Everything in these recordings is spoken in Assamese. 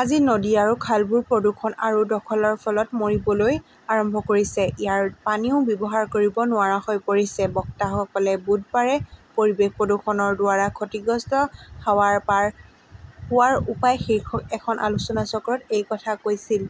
আজি নদী আৰু খালবোৰ প্ৰদূষণ আৰু দখলৰ ফলত মৰিবলৈ আৰম্ভ কৰিছে। ইয়াৰ পানীও ব্যৱহাৰ কৰিব নোৱাৰা হৈ পৰিছে। বক্তাসকলে বুধবাৰে 'পৰিৱেশ প্ৰদূষণৰ দ্বাৰা ক্ষতিগ্ৰস্ত সাৱাৰ-পাৰ হোৱাৰ উপায় "শীৰ্ষক এখন আলোচনাচক্ৰত এই কথা কৈছিল।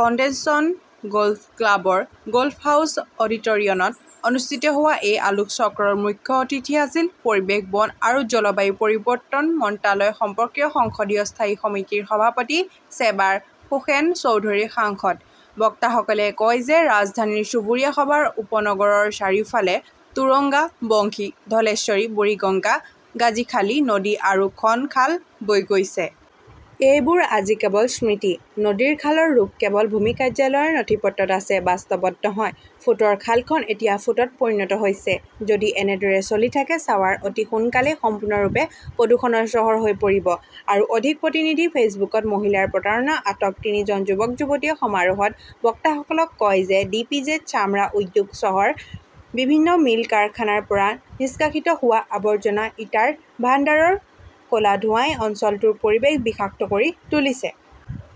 কনটেনশ্যন গ 'ল্ফ ক্লাবৰ গ' ল্ফ হাউছ অডিটৰিয়নত অনুষ্ঠিত হোৱা এই আলোচনাচক্ৰৰ মুখ্য অতিথি আছিল পৰিৱেশ বন আৰু জলবায়ু পৰিৱৰ্তন মন্ত্ৰালয় সম্পৰ্কীয় সংসদীয় স্থায়ী সমিতিৰ সভাপতি ছেবাৰ হোসেন চৌধুৰী সাংসদ। বক্তাসকলে কয় যে ৰাজধানীৰ চুবুৰীয়া সভাৰ উপনগৰৰ চাৰিওফালে তুৰাগ, বংশী, ধলেশ্বৰী বুৰিগঙ্গা, গাজীখালী নদী আৰু খন খাল বৈ গৈছে। এইবোৰ আজি কেৱল স্মৃতি। নদীৰ খালৰ ৰূপ কেৱল ভূমি কাৰ্যালয়ৰ নথিপত্ৰত আছে, বাস্তৱত নহয়। ফুটৰ খালখন এতিয়া ফুটত পৰিণত হৈছে। যদি এনেদৰে চলি থাকে, ছাৱাৰ অতি সোনকালেই সম্পূৰ্ণৰূপে প্ৰদূষণৰ চহৰ হৈ পৰিব। আৰু অধিক প্ৰতিনিধিঃ ফেইচবুকত মহিলাৰ প্ৰতাৰণা, আটক তিনিজন যুৱক-যুৱতীয়ে সমাৰোহত বক্তাসকলক কয় যে ডিইপিজেড, চামৰা উদ্যোগ চহৰ, বিভিন্ন মিল কাৰখানাৰ পৰা নিষ্কাশিত হোৱা আৱৰ্জনা ইটাৰ ভাণ্ডাৰৰ ক 'লা ধোঁৱাই অঞ্চলটোৰ পৰিৱেশ বিষাক্ত কৰি তুলিছে।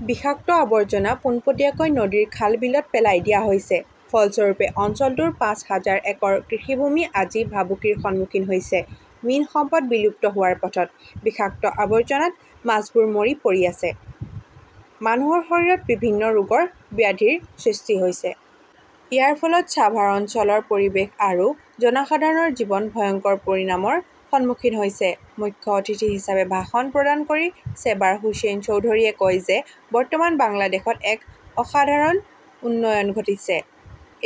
বিষাক্ত আৱৰ্জনা পোনপটীয়াকৈ নদীৰ খাল-বিলত পেলাই দিয়া হৈছে। ফলস্বৰূপে, অঞ্চলটোৰ পাঁচ হাজাৰ একৰ কৃষিভূমি আজি ভাবুকিৰ সন্মুখীন হৈছে। মীন সম্পদ বিলুপ্ত হোৱাৰ পথত। বিষাক্ত আৱৰ্জনাত মাছবোৰ মৰি পৰি আছে। মানুহৰ শৰীৰত বিভিন্ন ৰোগৰ ব্যাধিৰ সৃষ্টি হৈছে। ইয়াৰ ফলত ছাভাৰ অঞ্চলৰ পৰিৱেশ আৰু জনসাধাৰণৰ জীৱন ভয়ংকৰ পৰিণামৰ সন্মুখীন হৈছে। মুখ্য অতিথি হিচাপে ভাষণ প্ৰদান কৰি চেবাৰ হুছেইন চৌধুৰীয়ে কয় যে বৰ্তমান বাংলাদেশত এক অসাধাৰণ উন্নয়ন ঘটিছে।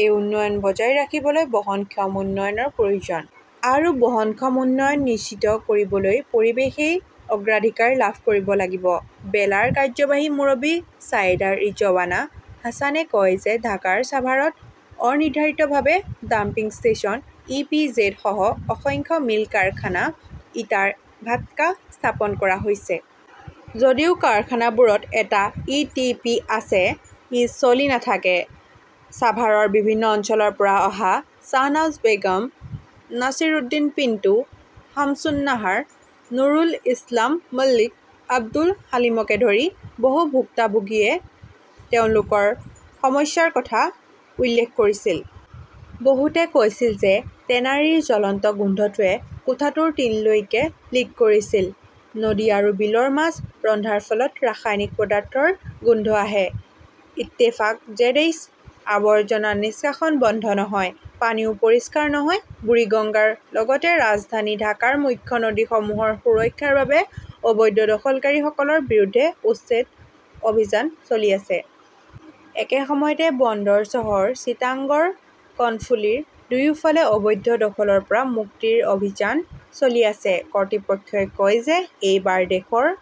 এই উন্নয়ন বজাই ৰাখিবলৈ বহনক্ষম উন্নয়নৰ প্ৰয়োজন। আৰু বহনক্ষম উন্নয়ন নিশ্চিত কৰিবলৈ পৰিৱেশই অগ্ৰাধিকাৰ লাভ কৰিব লাগিব। বেলাৰ কাৰ্যবাহী মুৰব্বী ছায়েদা ৰিজৱানা হাছানে কয় যে ঢাকাৰ চাভাৰত অনিৰ্ধাৰিতভাৱে dumping station, E. P. Z. সহ অসংখ্য মিল কাৰখানা, ইটাৰ ভাটকা স্থাপন কৰা হৈছে। যদিও কাৰখানাবোৰত এটা ই. টি. পি. আছে, ই চলি নাথাকে। ছাভাৰৰ বিভিন্ন অঞ্চলৰ পৰা অহা শ্বাহনাজ বেগম, নাছিৰউদ্দিন পিণ্টু, শামছুন্নাহাৰ, নুৰুল ইছলাম মল্লিক, আব্দুল হালিমকে ধৰি বহু ভুক্তভোগীয়ে তেওঁলোকৰ সমস্যাৰ কথা উল্লেখ কৰিছিল। বহুতে কৈছিল যে টেনাৰীৰ জ্বলন্ত গোন্ধটোৱে কোঠাটোৰ টিনলৈকে লিক কৰিছিল। নদী আৰু বিলৰ মাছ ৰন্ধাৰ ফলত ৰাসায়নিক পদাৰ্থৰ গোন্ধ আহে। ইত্তেফাক/জেডএইচ। আৱৰ্জনা নিষ্কাশন বন্ধ নহয়, পানীও পৰিষ্কাৰ নহয় বুৰিগঙ্গাৰ লগতে ৰাজধানী ঢাকাৰ মুখ্য নদীসমূহৰ সুৰক্ষাৰ বাবে অবৈধ দখলকাৰীসকলৰ বিৰুদ্ধে উচ্ছেদ অভিযান চলি আছে। একে সময়তে বন্দৰ চহৰ চিটাগংৰ কৰ্ণফুলিৰ দুয়োফালে অবৈধ দখলৰ পৰা মুক্তিৰ অভিযান চলি আছে। কৰ্তৃপক্ষই কয় যে এইবাৰ দেশৰ